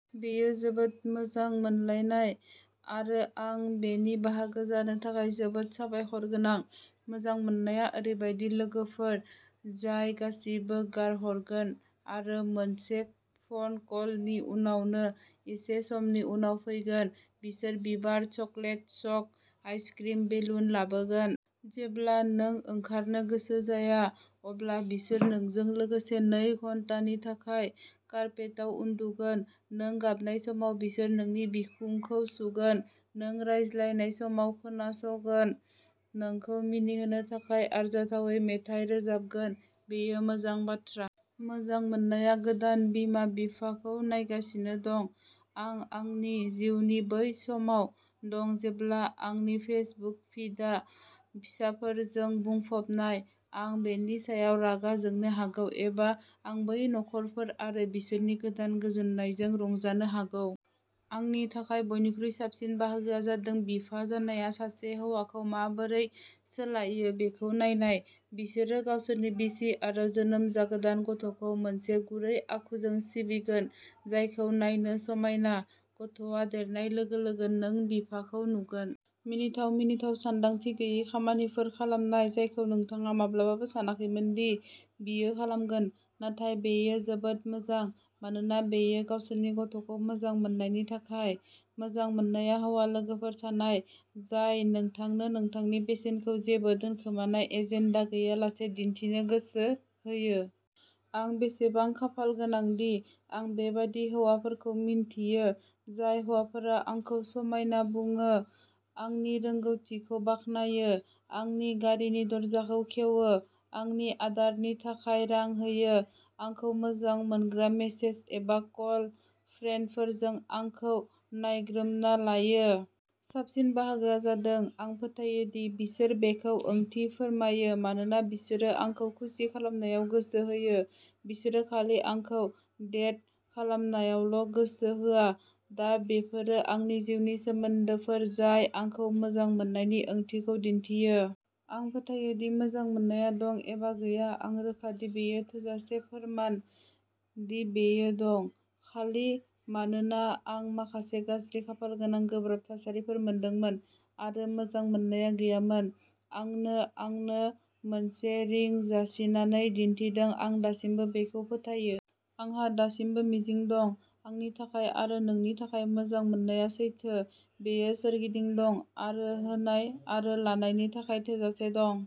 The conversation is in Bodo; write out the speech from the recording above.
बेयो जोबोद मोजां मोनलायनाय, आरो आं बेनि बाहागो जानो थाखाय जोबोद साबायखरगोनां। मोजां मोननाया ओरैबायदि लोगोफोर जाय गासिबो गारहरगोन आरो मोनसे फन कलनि उनावनो एसे समनि उनाव फैगोन। बिसोर बिबार, चकलेट चंक आइसक्रिम, बेलुन लाबोगोन। जेब्ला नों ओंखारनो गोसो जाया अब्ला बिसोर नोंजों लोगोसे नै घन्टानि थाखाय कार्पेटाव उन्दुगोन। नों गाबनाय समाव बिसोर नोंनि बिखुंखौ सुगोन, नों रायज्लायनाय समाव खोनासगोन, नोंखौ मिनिहोनो थाखाय आरजाथावै मेथाइ रोजाबगोन। बेयो मोजां बाथ्रा। मोजां मोननाया गोदान बिमा-बिफाखौ नायगासिनो दं। आं आंनि जिउनि बै समाव दं जेब्ला आंनि फेसबुक फिडआ फिसाफोरजों बुंफबनाय। आं बेनि सायाव रागा जोंनो हागौ, एबा आं बै नखरफोर आरो बिसोरनि गोदान गोजोननायजों रंजानो हागौ। आंनि थाखाय बयनिख्रुइ साबसिन बाहागोआ जादों बिफा जानाया सासे हौवाखौ माबोरै सोलायो बेखौ नायनाय। बिसोरो गावसोरनि बिसि आरो जोनोम जागोदान गथ'खौ मोनसे गुरै आखुजों सिबिगोन जायखौ नायनो समायना। गथ'आ देरनाय लोगो लोगो नों बिफाखौ नुगोन। मिनिथाव, मिनिथाव, सानदांथि गैयै खामानिफोर खालामनाय जायखौ नोंथाङा माब्लाबाबो सानाखैमोन दि बियो खालामगोन। नाथाय बेयो जोबोद मोजां, मानोना बेयो गावसोरनि गथ'खौ मोजां मोननायनि थाखाय। मोजां मोननाया हौवा लोगोफोर थानाय, जाय नोंथांनो नोंथांनि बेसेनखौ जेबो दोनखोमानाय एजेन्डा गैयालासे दिन्थिनो गोसो होयो। आं बेसेबां खाफालगोनांदि आं बेबादि हौवाफोरखौ मिन्थियो। जाय हौवाफोरा आंखौ समायना बुङो, आंनि रोंग'थिखौ बाख्नायो, आंनि गारिनि दरजाखौ खेवो, आंनि आदारनि थाखाय रां होयो, आंखौ मोजां मोनग्रा मेसेज एबा कल-फ्रेन्डफोरजों आंखौ नायग्रोमना लायो। साबसिन बाहागोआ जादों, आं फोथायो दि बिसोर बेखौ ओंथि फोरमायो मानोना बिसोरो आंखौ खुसि खालामनायाव गोसो होयो-बिसोरो खालि आंखौ डेट खालामनायावल'गोसो होआ। दा, बेफोरो आंनि जिउनि सोमोन्दोफोर जाय आंखौ मोजां मोननायनि ओंथिखौ दिन्थियो। आं फोथायो दि मोजां मोननाया दं, एबा गैया। आं रोखा दि बेयो थोजासे फोरमान दि बेयो दं। खालि मानोना आं माखासे गाज्रि खाफालगोनां, गोब्राब थासारिफोर मोनदोंमोन, आरो मोजां मोननाया गैयामोन। आंनो आंनो मोनसे रिं जासिनानै दिन्थिदों, आं दासिमबो बेखौ फोथायो। आंहा दासिमबो मिजिं दं, आंनि थाखाय आरो नोंनि थाखाय। मोजां मोननाया सैथो, बेयो सोरगिदिं दं, आरो होनाय आरो लानायनि थाखाय थोजासे दं।